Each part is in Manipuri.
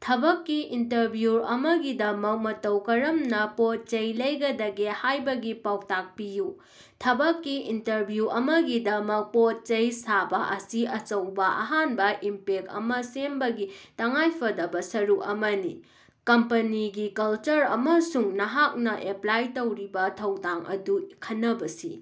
ꯊꯕꯛꯀꯤ ꯏꯟꯇꯔꯚ꯭ꯌꯨ ꯑꯃꯒꯤꯗꯃꯛ ꯃꯇꯧ ꯀꯔꯝꯅ ꯄꯣꯠꯆꯩ ꯂꯩꯒꯗꯒꯦ ꯍꯥꯏꯕꯒꯤ ꯄꯥꯎꯇꯥꯛ ꯄꯤꯌꯨ꯫ ꯊꯕꯛꯀꯤ ꯏꯟꯇꯔꯚ꯭ꯌꯨ ꯑꯃꯒꯤꯗꯃꯛ ꯄꯣꯠꯆꯩ ꯁꯥꯕ ꯑꯁꯤ ꯑꯆꯧꯕ ꯑꯍꯥꯟꯕ ꯏꯝꯄꯦꯛꯇ ꯑꯃ ꯁꯦꯝꯕꯒꯤ ꯇꯉꯥꯏꯐꯗꯕ ꯁꯔꯨꯛ ꯑꯃꯅꯤ꯫ ꯀꯝꯄꯅꯤꯒꯤ ꯀꯜꯆꯔ ꯑꯃꯁꯨꯡ ꯅꯍꯥꯛꯅ ꯑꯦꯄ꯭ꯂꯥꯏ ꯇꯧꯔꯤꯕ ꯊꯧꯗꯥꯡ ꯑꯗꯨ ꯈꯟꯅꯕꯁꯤ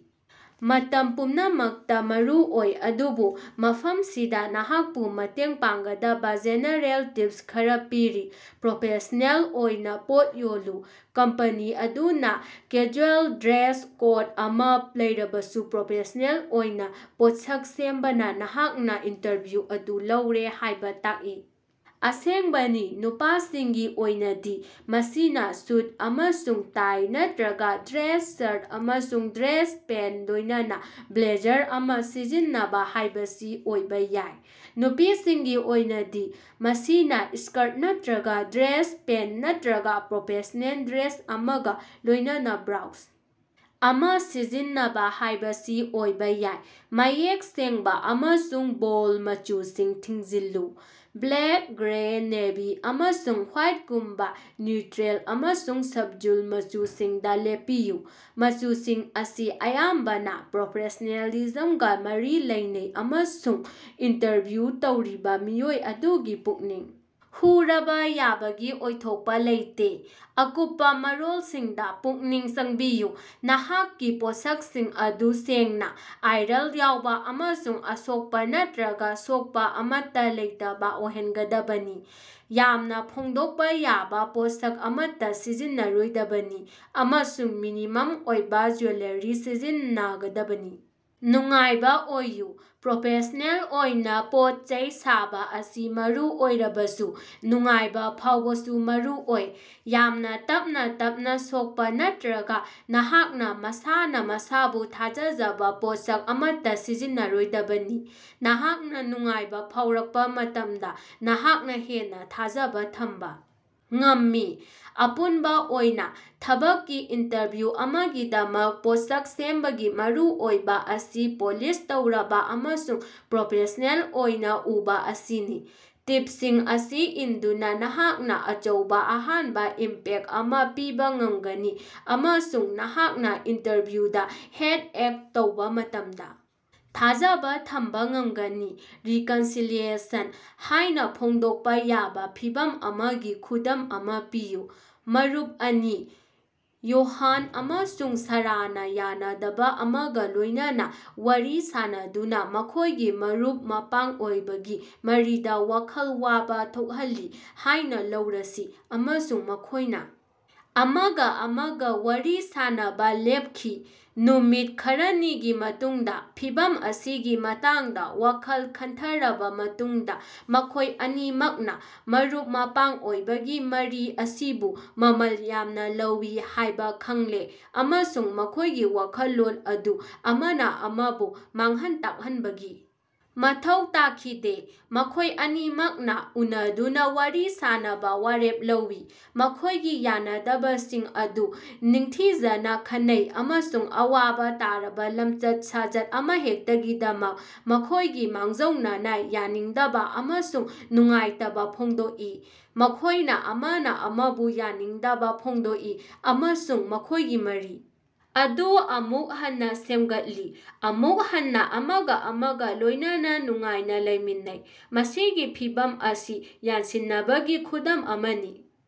ꯃꯇꯝ ꯄꯨꯝꯅꯃꯛꯇ ꯃꯔꯨꯑꯣꯏ ꯑꯗꯨꯕꯨ ꯃꯐꯝꯁꯤꯗ ꯅꯍꯥꯛꯄꯨ ꯃꯇꯦꯡ ꯄꯥꯡꯒꯗꯕ ꯖꯦꯅꯦꯔꯦꯜ ꯇꯤꯞꯁ ꯈꯔ ꯄꯤꯔꯤ: ꯄ꯭ꯔꯣꯐꯦꯁꯅꯦꯜ ꯑꯣꯏꯅ ꯄꯣꯠ ꯌꯣꯜꯂꯨ: ꯀꯝꯄꯅꯤ ꯑꯗꯨꯅ ꯀꯦꯖꯨꯑꯦꯜ ꯗ꯭ꯔꯦꯁ ꯀꯣꯗ ꯑꯃ ꯂꯩꯔꯕꯁꯨ ꯄ꯭ꯔꯣꯐꯦꯁꯅꯦꯜ ꯑꯣꯏꯅ ꯄꯣꯠꯁꯛ ꯁꯦꯝꯕꯅ ꯅꯍꯥꯛꯅ ꯏꯟꯇꯔꯚꯤꯎ ꯑꯗꯨ ꯂꯧꯔꯦ ꯍꯥꯏꯕ ꯇꯥꯛꯏ꯫ ꯑꯁꯦꯡꯕꯅꯤ ꯅꯨꯄꯥꯁꯤꯡꯒꯤ ꯑꯣꯏꯅꯗꯤ ꯃꯁꯤꯅ ꯁꯨꯠ ꯑꯃꯁꯨꯡ ꯇꯥꯏ ꯅꯠꯇ꯭ꯔꯒ ꯗ꯭ꯔꯦꯁ ꯁꯔꯠ ꯑꯃꯁꯨꯡ ꯗ꯭ꯔꯦꯁ ꯄꯦꯟꯇꯀ ꯂꯣꯏꯅꯅ ꯕ꯭ꯂꯦꯖꯔ ꯑꯃ ꯁꯤꯖꯤꯟꯅꯕ ꯍꯥꯏꯕꯁꯤ ꯑꯣꯏꯕ ꯌꯥꯏ꯫ ꯅꯨꯄꯤꯁꯤꯡꯒꯤ ꯑꯣꯏꯅꯗꯤ ꯃꯁꯤꯅ ꯁ꯭ꯀꯔꯠ ꯅꯠꯇ꯭ꯔꯒ ꯗ꯭ꯔꯦꯁ ꯄꯦꯟꯇ ꯅꯠꯇ꯭ꯔꯒ ꯄ꯭ꯔꯣꯐꯦꯁꯅꯦꯜ ꯗ꯭ꯔꯦꯁ ꯑꯃꯒ ꯂꯣꯏꯅꯅ ꯕ꯭ꯂꯣꯎꯖ ꯑꯃ ꯁꯤꯖꯤꯟꯅꯕ ꯍꯥꯏꯕꯁꯤ ꯑꯣꯏꯕ ꯌꯥꯏ꯫ ꯃꯌꯦꯛ ꯁꯦꯡꯕ ꯑꯃꯁꯨꯡ ꯕꯣꯜꯗ ꯃꯆꯨꯁꯤꯡ ꯊꯤꯡꯖꯤꯜꯂꯨ: ꯕ꯭ꯂꯦꯛ, ꯒ꯭ꯔꯦ, ꯅꯦꯚꯤ ꯑꯃꯁꯨꯡ ꯋꯥꯏꯠꯒꯨꯝꯕ ꯅ꯭ꯌꯨꯇ꯭ꯔꯤꯑꯦꯟꯇ ꯑꯃꯁꯨꯡ ꯁꯕꯗ꯭ꯌꯨꯜ ꯃꯆꯨꯁꯤꯡꯗ ꯂꯦꯞꯄꯤꯌꯨ꯫ ꯃꯆꯨꯁꯤꯡ ꯑꯁꯤ ꯑꯌꯥꯝꯕꯅ ꯄ꯭ꯔꯣꯐꯦꯁ꯭ꯅꯦꯂꯤꯖꯝꯒ ꯃꯔꯤ ꯂꯩꯅꯩ ꯑꯃꯁꯨꯡ ꯏꯟꯇꯔꯚ꯭ꯌꯨ ꯇꯧꯔꯤꯕ ꯃꯤꯑꯣꯏ ꯑꯗꯨꯒꯤ ꯄꯨꯛꯅꯤꯡ ꯍꯨꯔꯕ ꯌꯥꯕꯒꯤ ꯑꯣꯏꯊꯣꯛꯄ ꯂꯩꯇꯦ꯫ ꯑꯀꯨꯞꯄ ꯃꯔꯣꯜꯁꯤꯡꯗ ꯄꯨꯛꯅꯤꯡ ꯆꯪꯕꯤꯌꯨ: ꯅꯍꯥꯛꯀꯤ ꯄꯣꯠꯁꯛꯁꯤꯡ ꯑꯗꯨ ꯁꯦꯡꯅ, ꯑꯥꯏꯔꯟ ꯌꯥꯎꯕ ꯑꯃꯁꯨꯡ ꯑꯁꯣꯛꯄ ꯅꯠꯇ꯭ꯔꯒ ꯁꯣꯛꯄ ꯑꯃꯠꯇ ꯂꯩꯇꯕ ꯑꯣꯏꯍꯟꯒꯗꯕꯅꯤ꯫ ꯌꯥꯝꯅ ꯐꯣꯡꯗꯣꯛꯄ ꯌꯥꯕ ꯄꯣꯠꯁꯛ ꯑꯃꯠꯇ ꯁꯤꯖꯤꯟꯅꯔꯣꯏꯗꯕꯅꯤ ꯑꯃꯁꯨꯡ ꯃꯤꯅꯤꯃꯝ ꯑꯣꯏꯕ ꯖꯨꯌꯦꯂꯥꯔꯤ ꯁꯤꯖꯤꯟꯅ ꯒꯗꯕꯅꯤ꯫ ꯅꯨꯡꯉꯥꯏꯕ ꯑꯣꯏꯌꯨ: ꯄ꯭ꯔꯣꯐꯦꯁ꯭ꯅꯦꯜ ꯑꯣꯏꯅ ꯄꯣꯠꯆꯩ ꯁꯥꯕ ꯑꯁꯤ ꯃꯔꯨ ꯑꯣꯏꯔꯕꯁꯨ ꯅꯨꯡꯉꯥꯏꯕ ꯐꯥꯎꯕꯁꯨ ꯃꯔꯨ ꯑꯣꯏ꯫ ꯌꯥꯝꯅ ꯇꯞꯅ ꯇꯞꯅ ꯁꯣꯛꯄ ꯅꯠꯇ꯭ꯔꯒ ꯅꯍꯥꯛꯅ ꯃꯁꯥꯅ ꯃꯁꯥꯕꯨ ꯊꯥꯖꯖꯕ ꯄꯣꯠꯁꯛ ꯑꯃꯠꯇ ꯁꯤꯖꯤꯟꯅꯔꯣꯏꯗꯕꯅꯤ꯫ ꯅꯍꯥꯛꯅ ꯅꯨꯡꯉꯥꯏꯕ ꯐꯥꯎꯔꯛꯄ ꯃꯇꯝꯗ ꯅꯍꯥꯛꯅ ꯍꯦꯟꯅ ꯊꯥꯖꯕ ꯊꯝꯕ ꯉꯝꯃꯤ꯫ ꯑꯄꯨꯟꯕ ꯑꯣꯏꯅ, ꯊꯕꯛꯀꯤ ꯏꯟꯇꯔꯚ꯭ꯌꯨ ꯑꯃꯒꯤꯗꯃꯛ ꯄꯣꯠꯁꯛ ꯁꯦꯝꯕꯒꯤ ꯃꯔꯨꯑꯣꯏꯕ ꯑꯁꯤ ꯄꯣꯂꯤꯁ ꯇꯧꯔꯕ ꯑꯃꯁꯨꯡ ꯄ꯭ꯔꯣꯐꯦꯁ꯭ꯅꯦꯜ ꯑꯣꯏꯅ ꯎꯕ ꯑꯁꯤꯅꯤ꯫ ꯇꯤꯞꯁꯤꯡ ꯑꯁꯤ ꯏꯟꯗꯨꯅ ꯅꯍꯥꯛꯅ ꯑꯆꯧꯕ ꯑꯍꯥꯟꯕ ꯏꯝꯄꯦꯛꯇ ꯑꯃ ꯄꯤꯕ ꯉꯝꯒꯅꯤ ꯑꯃꯁꯨꯡ ꯅꯍꯥꯛꯀꯤ ꯏꯟꯇꯔꯚ꯭ꯌꯨꯗ ꯍꯦꯗ-ꯑꯦꯛ ꯇꯧꯕ ꯃꯇꯝꯗ ꯊꯥꯖꯕ ꯊꯝꯕ ꯉꯝꯒꯅꯤ꯫ "ꯔꯤꯀꯟꯁꯤꯂꯤꯌꯦꯁꯟ" ꯍꯥꯏꯅ ꯐꯣꯡꯗꯣꯛꯄ ꯌꯥꯕ ꯐꯤꯚꯝ ꯑꯃꯒꯤ ꯈꯨꯗꯝ ꯑꯃ ꯄꯤꯌꯨ꯫ ꯃꯔꯨꯞ ꯑꯅꯤ, ꯌꯣꯍꯥꯟ ꯑꯃꯁꯨꯡ ꯁꯥꯔꯥꯅꯥ ꯌꯥꯅꯗꯕ ꯑꯃꯒ ꯂꯣꯏꯅꯅ ꯋꯥꯔꯤ ꯁꯥꯅꯗꯨꯅ ꯃꯈꯣꯏꯒꯤ ꯃꯔꯨꯞ-ꯃꯄꯥꯡ ꯑꯣꯏꯕꯒꯤ ꯃꯔꯤꯗ ꯋꯥꯈꯜ ꯋꯥꯕ ꯊꯣꯛꯍꯜꯂꯤ ꯍꯥꯏꯅ ꯂꯧꯔꯁꯤ ꯑꯃꯁꯨꯡ ꯃꯈꯣꯏꯅ ꯑꯃꯒ ꯑꯃꯒ ꯋꯥꯔꯤ ꯁꯥꯅꯕ ꯂꯦꯞꯈꯤ꯫ ꯅꯨꯃꯤꯠ ꯈꯔꯅꯤꯒꯤ ꯃꯇꯨꯡꯗ ꯐꯤꯚꯝ ꯑꯁꯤꯒꯤ ꯃꯇꯥꯡꯗ ꯋꯥꯈꯜ ꯈꯟꯊꯔꯕ ꯃꯇꯨꯡꯗ ꯃꯈꯣꯏ ꯑꯅꯤꯃꯛꯅ ꯃꯔꯨꯞ-ꯃꯄꯥꯡ ꯑꯣꯏꯕꯒꯤ ꯃꯔꯤ ꯑꯁꯤꯕꯨ ꯃꯃꯜ ꯌꯥꯝꯅ ꯂꯧꯏ ꯍꯥꯏꯕ ꯈꯪꯂꯦ ꯑꯃꯁꯨꯡ ꯃꯈꯣꯏꯒꯤ ꯋꯥꯈꯜꯂꯣꯟ ꯑꯗꯨ ꯑꯃꯅ ꯑꯃꯕꯨ ꯃꯥꯡꯍꯟ ꯇꯥꯛꯍꯟꯕꯒꯤ ꯃꯊꯧ ꯇꯥꯈꯤꯗꯦ꯫ ꯃꯈꯣꯏ ꯑꯅꯤꯃꯛꯅ ꯎꯅꯗꯨꯅ ꯋꯥꯔꯤ ꯁꯥꯟꯅꯕ ꯋꯥꯔꯦꯞ ꯂꯧꯏ꯫ ꯃꯈꯣꯏꯒꯤ ꯌꯥꯅꯗꯕꯁꯤꯡ ꯑꯗꯨ ꯅꯤꯡꯊꯤꯖꯅ ꯈꯟꯅꯩ ꯑꯃꯁꯨꯡ ꯑꯋꯥꯕ ꯇꯥꯔꯕ ꯂꯝꯆꯠ-ꯁꯥꯖꯠ ꯑꯃꯍꯦꯛꯇꯒꯤꯗꯃꯛ ꯃꯈꯣꯏꯒꯤ ꯃꯥꯡꯖꯧꯅꯅ ꯌꯥꯅꯤꯡꯗꯕ ꯑꯃꯁꯨꯡ ꯅꯨꯡꯉꯥꯏꯇꯕ ꯐꯣꯡꯗꯣꯛꯏ꯫ ꯃꯈꯣꯏꯅ ꯑꯃꯅ ꯑꯃꯕꯨ ꯌꯥꯅꯤꯡꯗꯕ ꯐꯣꯡꯗꯣꯛꯏ ꯑꯃꯁꯨꯡ ꯃꯈꯣꯏꯒꯤ ꯃꯔꯤ ꯑꯗꯨ ꯑꯃꯨꯛ ꯍꯟꯅ ꯁꯦꯝꯒꯠꯂꯤ꯫ ꯑꯃꯨꯛ ꯍꯟꯅ ꯑꯃꯒ ꯑꯃꯒ ꯂꯣꯏꯅꯅ ꯅꯨꯡꯉꯥꯏꯅ ꯂꯩꯃꯤꯟꯅꯩ꯫ ꯃꯁꯤꯒꯤ ꯐꯤꯚꯝ ꯑꯁꯤ ꯌꯥꯅꯁꯤꯟꯅꯕꯒꯤ ꯈꯨꯗꯝ ꯑꯃꯅꯤ꯫